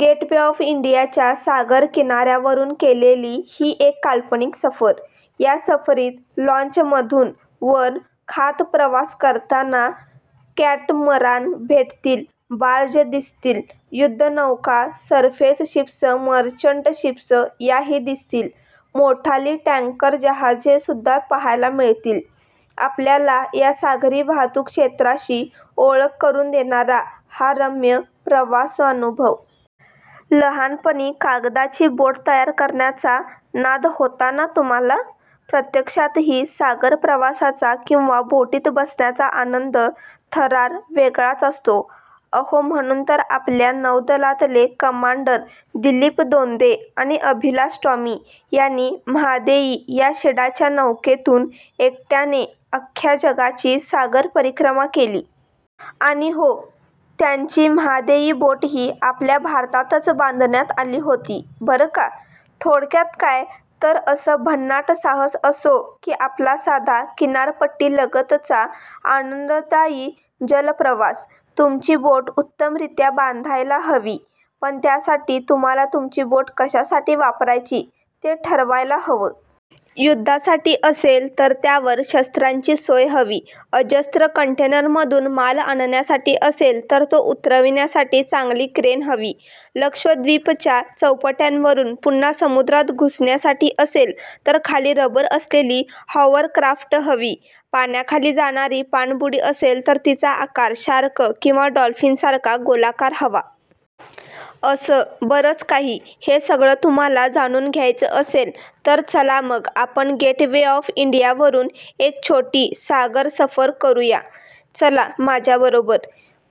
Gateway of इंडियाच्या सागरकिनाऱ्यावरून केलेली ही एक काल्पनिक सफर... या सफरीत लाँचमधून वर खात प्रवास करताना कॅटमरान भेटतील, बार्ज दिसतील, युद्धनौका, सरफेस शिप्स, मर्चंट शिप्स याही दिसतील. मोठाली टँकर जहाजेसुद्धा पाहायला मिळतील... आपल्या या सागरी वाहतूक क्षेत्राशी ओळख करून देणारा हा रम्य प्रवासानुभव! लहानपणी कागदाची बोट तयार करण्याचा नाद होता ना तुम्हाला? प्रत्यक्षातही सागरप्रवासाचा किंवा बोटीत बसण्याचा आनंद, थरार वेगळाच असतो. अहो, म्हणून तर आपल्या नौदलातले कमांडर दिलीप दोंदे आणि अभिलाष टॉमी यांनी म्हादेई या शिडाच्या नौकेतून एकट्याने अख्ख्या जगाची सागरपरिक्रमा केली. आणि हो, त्यांची म्हादेई बोटही आपल्या भारतातच बांधण्यात आली होती, बरं का. थोडक्यात काय, तर असं भन्नाट साहस असो की आपला साधा किनारपट्टीलगतचा आनंददायी जलप्रवास, तुमची बोट उत्तमरीत्या बांधायला हवी. पण त्यासाठी तुम्हाला तुमची बोट कशासाठी वापरायची, ते ठरवायला हवं. युद्धासाठी असेल, तर त्यावर शस्त्रांची सोय हवी, अजस्त्र कंटेनरमधून माल आणण्यासाठी असेल, तर तो उतरविण्यासाठी चांगली क्रेन हवी, लक्षद्वीपच्या चौपाट्यांवरून पुन्हा समुद्रात घुसण्यासाठी असेल, तर खाली रबर असलेली हॉवरक्राफ्ट हवी, पाण्याखाली जाणारी पाणबुडी असेल, तर तिचा आकार शार्क किंवा डॉल्फिनसारखा गोलाकार हवा... असं बरंच काही. हे सगळं तुम्हाला जाणून घ्यायचं असेल, तर चला मग आपण गेटवे ऑफ इंडियावरून एक छोटी सागरसफरच करू या. चला माझ्याबरोबर...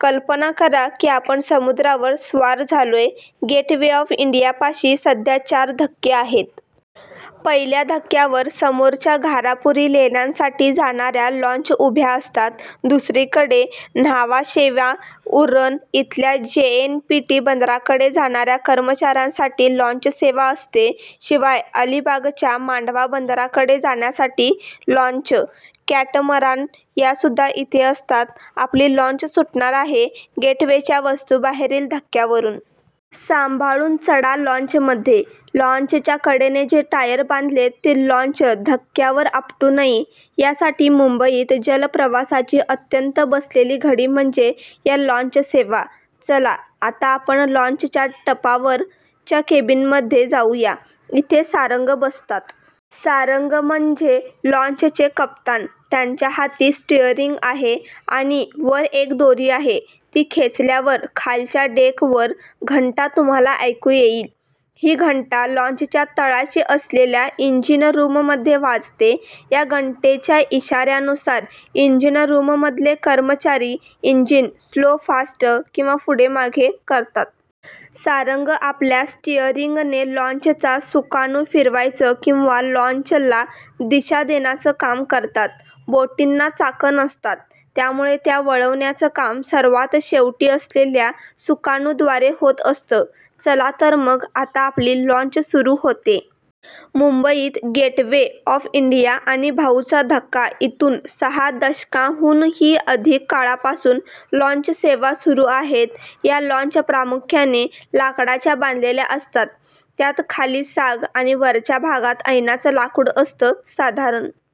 कल्पना करा की आपण समुद्रावर स्वार झालोय. गेटवे ऑफ इंडियापाशी सध्या चार धक्के आहेत. पहिल्या धक्क्यावर समोरच्या घारापुरी लेण्यांसाठी जाणाऱ्या लाँच उभ्या असतात, दुसरीकडे न्हावाशेवा-उरण इथल्या जेएनपीटी बंदराकडे जाणाऱ्या कर्मचाऱ्यांसाठी लाँचसेवा असते. शिवाय अलिबागच्या मांडवा बंदराकडे जाण्यासाठी लाँच, कॅटमरान यासुद्धा इथे असतात. आपली लाँच सुटणार आहे गेटवेच्या वास्तूबाहेरील धक्क्यावरून. 'सांभाळून चढा लाँचमध्ये.' लाँचच्या कडेने जे टायर बांधलेत, ते लाँच धक्क्यावर आपटू नये, यासाठी. मुंबईत जलप्रवासाची अत्यंत बसलेली घडी म्हणजे या लाँचसेवा. चला, आता आपण लाँचच्या टपावरच्या केबिनमध्ये जाऊ या. इथे सारंग बसतात. सारंग म्हणजे लाँचचे कप्तान. त्यांच्या हाती स्टिअरिंग आहे आणि वर एक दोरी आहे, ती खेचल्यावर खालच्या डेकवर घंटा तुम्हाला ऐकू येईल. ही घंटा लाँचच्या तळाशी असलेल्या इंजिनरुममध्ये वाजते. या घंटेच्या इशार्यानुसार इंजिनरुममधले कर्मचारी इंजिन स्लो-फास्ट किंवा पुढे-मागे करतात. सारंग आपल्या स्टिअरिंगने लाँचचा सुकाणू फिरवायचं किंवा लाँचला दिशा देण्याचं काम करतात. बोटींना चाकं नसतात, त्यामुळे त्या वळवण्याचं काम सर्वात शेवटी असलेल्या सुकाणूद्वारे होत असतं. चला तर मग आता आपली लाँच सुरू होतेय. मुंबईत गेटवे ऑफ इंडिया आणि भाऊचा धक्का इथून सहा दशकांहूनही अधिक काळापासून लाँचसेवा सुरू आहे. या लाँच प्रामुख्याने लाकडाच्या बांधलेल्या असतात. त्यात खाली साग आणि वरच्या भागात ऐनाचं लाकूड असतं. साधारण